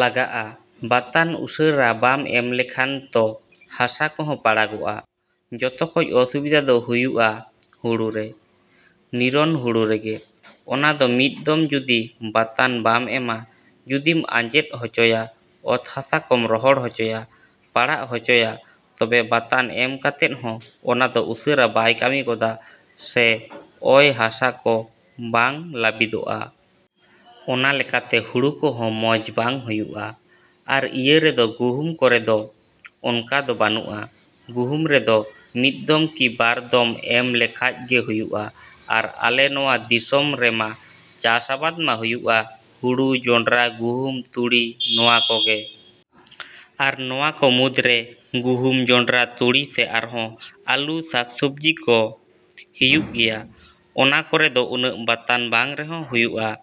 ᱞᱟᱜᱟᱜᱼᱟ᱾ ᱵᱟᱛᱟᱱ ᱩᱥᱟᱹᱨᱟ ᱵᱟᱢ ᱮᱢ ᱞᱮᱠᱷᱟᱡ ᱚᱛ ᱦᱟᱥᱟ ᱠᱚᱦᱚᱸ ᱯᱟᱲᱟᱜᱚᱜᱼᱟ᱾ ᱡᱚᱛᱚ ᱠᱷᱚᱡ ᱚᱥᱩᱵᱤᱫᱷᱟ ᱫᱚ ᱦᱩᱭᱩᱜᱼᱟ ᱦᱩᱲᱩᱨᱮ, ᱱᱤᱨᱚᱱ ᱦᱩᱲᱩ ᱨᱮᱜᱮ᱾ ᱚᱱᱟᱫᱚ ᱢᱤᱫ ᱫᱚᱢ ᱡᱩᱫᱤ ᱵᱟᱛᱟᱱ ᱵᱟᱢ ᱮᱢᱟ, ᱡᱩᱫᱤᱢ ᱟᱸᱡᱮᱫ ᱦᱚᱪᱚᱭᱟ, ᱚᱛ ᱦᱟᱥᱟ ᱠᱚᱢ ᱨᱚᱦᱚᱲ ᱦᱚᱪᱚᱭᱟ, ᱯᱟᱲᱟᱜ ᱦᱚᱪᱚᱭᱟ, ᱛᱚᱵᱮ ᱵᱟᱛᱟᱱ ᱮᱢ ᱠᱟᱛᱮᱫ ᱦᱚᱸ ᱚᱱᱟᱫᱚ ᱩᱥᱟᱹᱨᱟ ᱵᱟᱭ ᱠᱟᱹᱢᱤ ᱜᱚᱫᱟ ᱥᱮ ᱚᱭ ᱦᱟᱥᱟ ᱠᱚ ᱵᱟᱝ ᱞᱟᱹᱵᱤᱫᱚᱜ-ᱟ ᱾ ᱚᱱᱟ ᱞᱮᱠᱟᱛᱮ ᱦᱩᱲᱩ ᱠᱚᱦᱚᱸ ᱢᱚᱡᱽ ᱵᱟᱝ ᱦᱩᱭᱩᱜᱼᱟ᱾ ᱟᱨ ᱤᱭᱟᱹ ᱨᱮᱫᱚ, ᱜᱩᱦᱩᱢ ᱠᱚᱨᱮᱫᱚ ᱚᱱᱠᱟ ᱫᱚ ᱵᱟᱹᱱᱩᱜᱼᱟ᱾ ᱜᱩᱦᱩᱢ ᱨᱮᱫᱚ ᱢᱤᱫ ᱫᱚᱢ ᱠᱤ ᱵᱟᱨ ᱫᱚᱢ ᱮᱢ ᱞᱮᱠᱷᱟᱡ ᱜᱮ ᱦᱩᱭᱩᱜᱼᱟ᱾ ᱟᱨ ᱟᱞᱮ ᱱᱚᱣᱟ ᱫᱤᱥᱚᱢ ᱨᱮᱢᱟ ᱪᱟᱥ ᱟᱵᱟᱫ ᱢᱟ ᱦᱩᱭᱩᱜᱼᱟ, ᱦᱩᱲᱩ, ᱡᱚᱱᱰᱨᱟ, ᱜᱩᱦᱩᱢ, ᱛᱩᱲᱤ ᱱᱚᱣᱟ ᱠᱚᱜᱮ᱾ ᱟᱨ ᱱᱚᱣᱟ ᱠᱚ ᱢᱩᱫᱽᱨᱮ ᱜᱩᱦᱩᱢ, ᱡᱚᱱᱰᱨᱟ, ᱛᱩᱲᱤ ᱥᱮ ᱟᱨᱦᱚᱸ ᱟᱹᱞᱩ, ᱥᱟᱠᱼᱥᱚᱵᱽᱡᱤ ᱠᱚ ᱦᱤᱭᱩᱜ ᱜᱮᱭᱟ᱾ ᱚᱱᱟ ᱠᱚᱨᱮ ᱫᱚ ᱩᱱᱟᱹᱜ ᱵᱟᱛᱟᱱ ᱵᱟᱝ ᱨᱮᱦᱚᱸ ᱦᱩᱭᱩᱜᱼᱟ᱾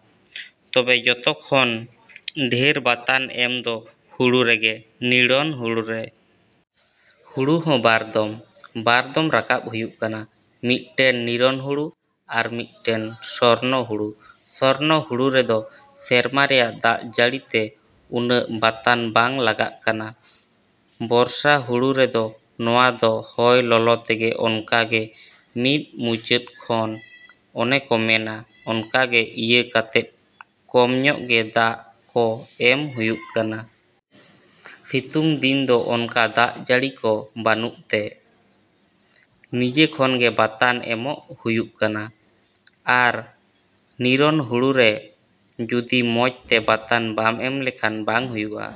ᱛᱚᱵᱮ ᱡᱚᱛᱚ ᱠᱷᱚᱱ ᱰᱷᱮᱨ ᱵᱟᱛᱟᱱ ᱮᱢ ᱫᱚ ᱦᱩᱲᱩ ᱨᱮᱜᱮ, ᱱᱤᱨᱚᱱ ᱦᱩᱲᱩ ᱨᱮ᱾ ᱦᱩᱲᱩ ᱦᱚᱸ ᱵᱟᱨ ᱫᱚᱢ, ᱵᱟᱨ ᱫᱚᱢ ᱨᱟᱠᱟᱵᱽ ᱦᱩᱭᱩᱜ ᱠᱟᱱᱟ᱾ ᱢᱤᱫᱴᱮᱡ ᱱᱤᱨᱚᱱ ᱦᱩᱲᱩ ᱟᱨ ᱢᱤᱫᱴᱮᱡ ᱥᱚᱨᱱᱚ ᱦᱩᱲᱩ᱾ ᱥᱚᱨᱱᱚ ᱦᱩᱲᱩ ᱨᱮᱫᱚ ᱥᱮᱨᱢᱟ ᱨᱮᱭᱟᱜ ᱫᱟᱜ ᱡᱟᱹᱲᱤᱛᱮ ᱩᱱᱟᱹᱜ ᱵᱟᱛᱟᱱ ᱵᱟᱝ ᱞᱟᱜᱟᱜ ᱠᱟᱱᱟ᱾ ᱵᱚᱨᱥᱟ ᱦᱩᱲᱩ ᱨᱮᱫᱚ ᱱᱚᱣᱟ ᱫᱚ ᱦᱚᱭ ᱞᱚᱞᱚ ᱛᱮᱜᱮ ᱚᱱᱠᱟ ᱜᱮ ᱢᱤᱫ ᱢᱩᱪᱟᱹᱫ ᱠᱷᱚᱱ ᱚᱱᱮ ᱠᱚ ᱢᱮᱱᱟ, ᱚᱱᱠᱟ ᱜᱮ ᱤᱭᱟᱹ ᱠᱟᱛᱮᱫ ᱠᱚᱢ ᱧᱚᱜ ᱜᱮ ᱫᱟᱜ ᱠᱚ ᱮᱢ ᱦᱩᱭᱩᱜ ᱠᱟᱱᱟ᱾ ᱥᱤᱛᱩᱝ ᱫᱤᱱ ᱫᱚ ᱚᱱᱠᱟ ᱫᱟᱜ ᱡᱟᱹᱲᱤ ᱠᱚ ᱵᱟᱹᱱᱩᱜ ᱛᱮ, ᱱᱤᱡᱮ ᱠᱷᱚᱱ ᱜᱮ ᱵᱟᱛᱟᱱ ᱮᱢᱚᱜ ᱦᱩᱭᱩᱜ ᱠᱟᱱᱟ᱾ ᱟᱨ ᱱᱤᱨᱚᱱ ᱦᱩᱲᱩ ᱨᱮ ᱡᱩᱫᱤ ᱢᱚᱡᱽ ᱛᱮ ᱵᱟᱛᱟᱱ ᱵᱟᱝ ᱮᱢ ᱞᱮᱠᱷᱟᱱ ᱵᱟᱝ ᱦᱩᱭᱩᱜᱼᱟ᱾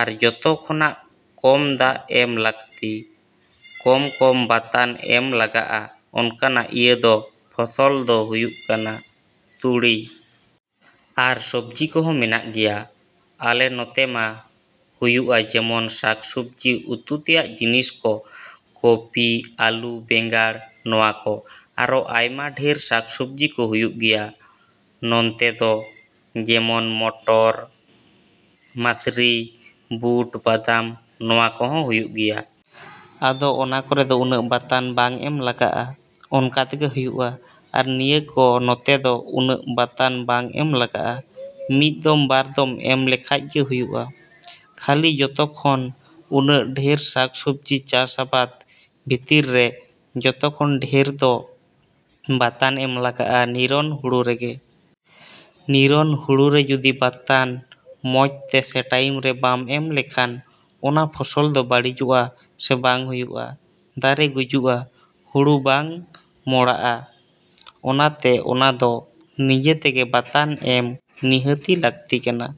ᱟᱨ ᱡᱚᱛᱚ ᱠᱷᱚᱱᱟᱜ ᱠᱚᱢ ᱫᱟᱜ ᱮᱢ ᱞᱟᱹᱠᱛᱤ, ᱠᱚᱢ ᱠᱚᱢ ᱵᱟᱛᱟᱱ ᱮᱢ ᱞᱟᱜᱟᱜᱼᱟ ᱚᱱᱠᱟᱱᱟᱜ ᱤᱭᱟᱹ ᱫᱚ ᱯᱷᱚᱥᱚᱞ ᱫᱚ ᱦᱩᱭᱩᱜ ᱠᱟᱱᱟ ᱛᱩᱲᱤ᱾ ᱟᱨ ᱥᱚᱵᱽᱡᱤ ᱠᱚᱦᱚᱸ ᱢᱮᱱᱟᱜ ᱜᱮᱭᱟ, ᱟᱞᱮ ᱱᱚᱛᱮ ᱢᱟ ᱦᱩᱭᱩᱜᱼᱟ ᱡᱮᱢᱚᱱ ᱥᱟᱠ ᱥᱚᱵᱽᱡᱤ, ᱩᱛᱩ ᱛᱮᱭᱟᱜ ᱡᱤᱱᱤᱥ ᱠᱚ, ᱠᱚᱯᱤ, ᱟᱹᱞᱩ, ᱵᱮᱸᱜᱟᱲ ᱱᱚᱣᱟ ᱠᱚ᱾ ᱟᱨᱦᱚᱸ ᱟᱭᱢᱟ ᱰᱷᱮᱨ ᱥᱟᱠ ᱥᱚᱵᱽᱡᱤ ᱠᱚ ᱦᱩᱭᱩᱜ ᱜᱮᱭᱟ ᱱᱚᱱᱛᱮ ᱫᱚ ᱡᱮᱢᱚᱱ ᱢᱚᱴᱚᱨ, ᱢᱟᱹᱥᱨᱤ, ᱵᱩᱴ, ᱵᱟᱫᱟᱢ ᱱᱚᱣᱟ ᱠᱚᱦᱚᱸ ᱦᱩᱭᱩᱜ ᱜᱮᱭᱟ᱾ ᱟᱫᱚ ᱚᱱᱟ ᱠᱚᱨᱮ ᱫᱚ ᱩᱱᱟᱹᱜ ᱵᱟᱛᱟᱱ ᱵᱟᱝ ᱮᱢ ᱞᱟᱜᱟᱜᱼᱟ᱾ ᱚᱱᱠᱟ ᱛᱮᱜᱮ ᱦᱩᱭᱩᱜᱼᱟ᱾ ᱟᱨ ᱱᱤᱭᱟᱹ ᱠᱚ ᱱᱚᱛᱮ ᱫᱚ ᱩᱱᱟᱹᱜ ᱵᱟᱛᱟᱱ ᱵᱟᱝ ᱮᱢ ᱞᱟᱜᱟᱜᱼᱟ, ᱢᱤᱫ ᱫᱚᱢ, ᱵᱟᱨ ᱫᱚᱢ ᱮᱢ ᱞᱮᱠᱷᱟᱡ ᱜᱮ ᱦᱩᱭᱩᱜᱼᱟ᱾ ᱠᱷᱟᱹᱞᱤ ᱡᱚᱛᱚ ᱠᱷᱚᱱ ᱩᱱᱟᱹᱜ ᱰᱷᱮᱨ ᱥᱟᱠᱼᱥᱚᱵᱽᱡᱤ ᱪᱟᱥ ᱟᱵᱟᱫ ᱵᱷᱤᱛᱨᱤ ᱨᱮ ᱡᱚᱛᱚ ᱠᱷᱚᱱ ᱰᱷᱮᱨ ᱫᱚ ᱵᱟᱛᱟᱱ ᱮᱢ ᱞᱟᱜᱟᱜᱼᱟ ᱱᱤᱨᱚᱱ ᱦᱩᱲᱩ ᱨᱮᱜᱮ᱾ ᱱᱤᱨᱚᱱ ᱦᱩᱲᱩ ᱨᱮ ᱡᱩᱫᱤ ᱵᱟᱛᱟᱱ ᱢᱚᱡᱽ ᱛᱮ ᱥᱮ ᱴᱟᱭᱤᱢ ᱨᱮ ᱵᱟᱝ ᱮᱢ ᱞᱮᱠᱷᱟᱱ, ᱚᱱᱟ ᱯᱷᱚᱥᱚᱞ ᱫᱚ ᱵᱟᱹᱲᱤᱡᱚᱜ-ᱟ, ᱥᱮ ᱵᱟᱝ ᱦᱩᱭᱩᱜᱼᱟ, ᱫᱟᱨᱮ ᱜᱩᱡᱩᱜᱼᱟ, ᱦᱩᱲᱩ ᱵᱟᱝ ᱢᱚᱲᱟᱜᱼᱟ᱾ ᱚᱱᱟᱛᱮ ᱚᱱᱟᱫᱚ ᱱᱤᱡᱮ ᱛᱮᱜᱮ ᱵᱟᱛᱟᱱ ᱮᱢ ᱱᱤᱦᱟᱹᱛᱤ ᱞᱟᱹᱠᱛᱤ ᱠᱟᱱᱟ